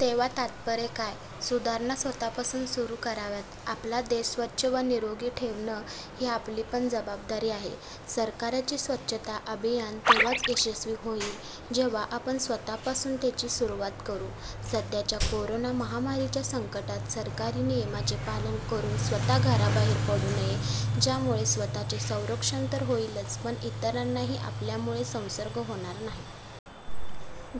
तेव्हा तात्पर्य काय, सुधारणा स्वतःपासून सुरू कराव्यात. आपला देश स्वच्छ व निरोगी ठेवणं ही आपलीपण जबाबदारी आहे. सरकारचे स्वच्छता अभियान तेव्हाच यशस्वी होईल, जेव्हा आपण स्वतःपासून त्याची सुरुवात करू. सध्याच्या कोरोना महामारीच्या संकटात सरकारी नियमांचे पालन करून स्वतः घराबाहेर पडू नये, ज्यामुळे स्वतःचे संरक्षण तर होईलच पण इतरांनाही आपल्यामुळे संसर्ग होणार नाही.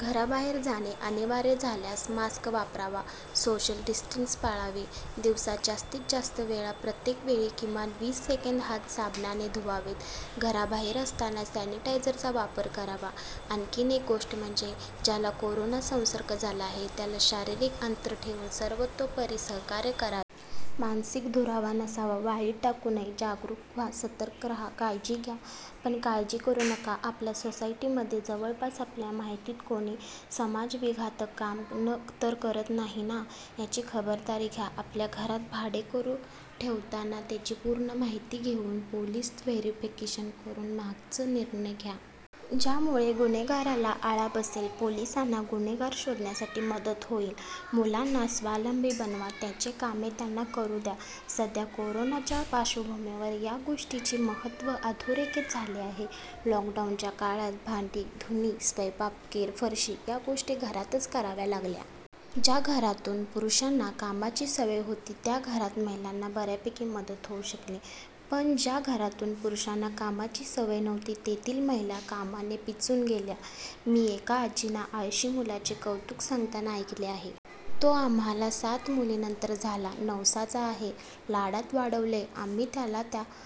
घराबाहेर जाणे अनिवार्य झाल्यास मास्क वापरावा, सोशल डिस्टन्सिंग पाळावे, दिवसात जास्तीत जास्त वेळा प्रत्येक वेळी किमान वीस सेकंद हात साबणाने धुवावेत, घराबाहेर असताना सॅनिटायझरचा वापर करावा. आणखीन एक गोष्ट म्हणजे ज्याला कोरोना संसर्ग झाला आहे त्याला शारीरिक अंतर ठेवून सर्वतोपरी सहकार्य करावे. मानसिक दुरावा नसावा. वाळीत टाकू नये. जागरूक व्हा, सतर्क राहा, काळजी घ्या पण काळजी करू नका. आपल्या सोसायटीमध्ये, जवळपास, आपल्या माहितीत कोणी समाजविघातक काम तर करत नाही ना? याची खबरदारी घ्या. आपल्या घरात भाडेकरू ठेवताना त्याची पूर्ण माहिती घेऊन, पोलीस व्हेरिफिकेशन करून मगच निर्णय घ्यावा. ज्यामुळे गुन्हेगारीला आळा बसेल. पोलिसांना गुन्हेगार शोधण्यासाठी मदत होईल. मुलांना स्वावलंबी बनवा. त्यांची कामे त्यांना करू द्या. सध्या कोरोनाच्या पार्श्वभूमीवर या गोष्टीचे महत्त्व अधोरेखित झाले आहे. लॉकडाऊनच्या काळात भांडी, धुणी, स्वयंपाक, केरफरशी या गोष्टी घरातच कराव्या लागल्या. ज्या घरातून पुरुषांना कामाची सवय होती त्या घरात महिलांना बऱ्यापैकी मदत होऊ शकली. पण ज्या घरातून पुरुषांना कामाची सवय नव्हती तेथील महिला कामाने पिचून गेल्या. मी एका आजींना आळशी मुलाचे कौतुक सांगताना ऐकले आहे. तो आम्हाला सात मुलींनंतर झाला. नवसाचा आहे. लाडात वाढवलंय आम्ही त्याला. त्याला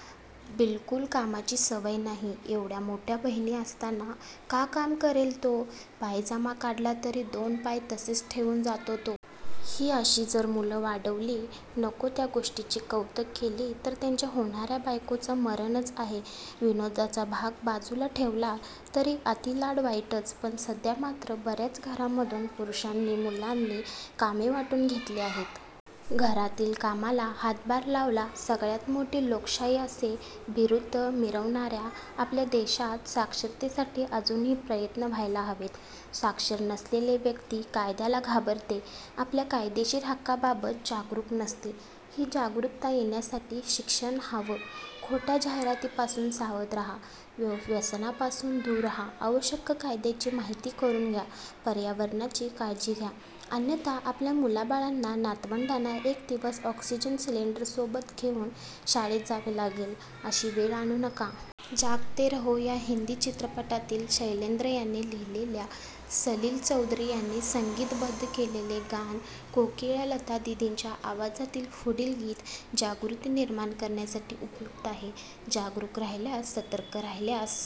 बिलकुल कामाची सवय नाही. एवढ्या मोठ्या बहिणी असताना का काम करेल तो? पायजमा काढला तरी दोन पाय तसेच ठेऊन जातो तो. ही अशी जर मुलं वाढवली, नको त्या गोष्टींचे कौतुक केले तर त्यांच्या होणाऱ्या बायकोचं मरणच आहे. विनोदाचा भाग बाजूला ठेवला तरी अतिलाड वाईटच. पण सध्या मात्र बऱ्याच घरांमधून पुरुषांनी, मुलांनी कामे वाटून घेतली आहेत. घरातील कामाला हातभार लावला. सगळ्यात मोठी लोकशाही असे बिरुद मिरवणाऱ्या आपल्या देशात साक्षरतेसाठी अजूनही प्रयत्न व्हायला हवेत. साक्षर नसलेली व्यक्ती कायद्याला घाबरते. आपल्या कायदेशीर हक्कांबाबत जागरूक नसते. ही जागरूकता येण्यासाठी शिक्षण हवं. खोट्या जाहिरातींपासून सावध राहा, व्यसनांपासून दूर राहा, आवश्यक कायद्यांची माहिती करून घ्या, पर्यावरणाची काळजी घ्या अन्यथा आपल्या मुलाबाळांना, नातवंडांना एक दिवस ऑक्सिजन सिलिंडर सोबत घेऊन शाळेत जावे लागेल, अशी वेळ आणू नका. जागते रहो या हिंदी चित्रपटातील शैलेंद्र यांनी लिहिलेलं, सलील चौधरी यांनी संगीतबद्ध केलेलं, गान कोकिळा लता दिदींच्या आवाजातील पुढील गीत जागृती निर्माण करण्यासाठी उपयुक्त आहे. जागरूक राहिल्यास, सतर्क राहिल्यास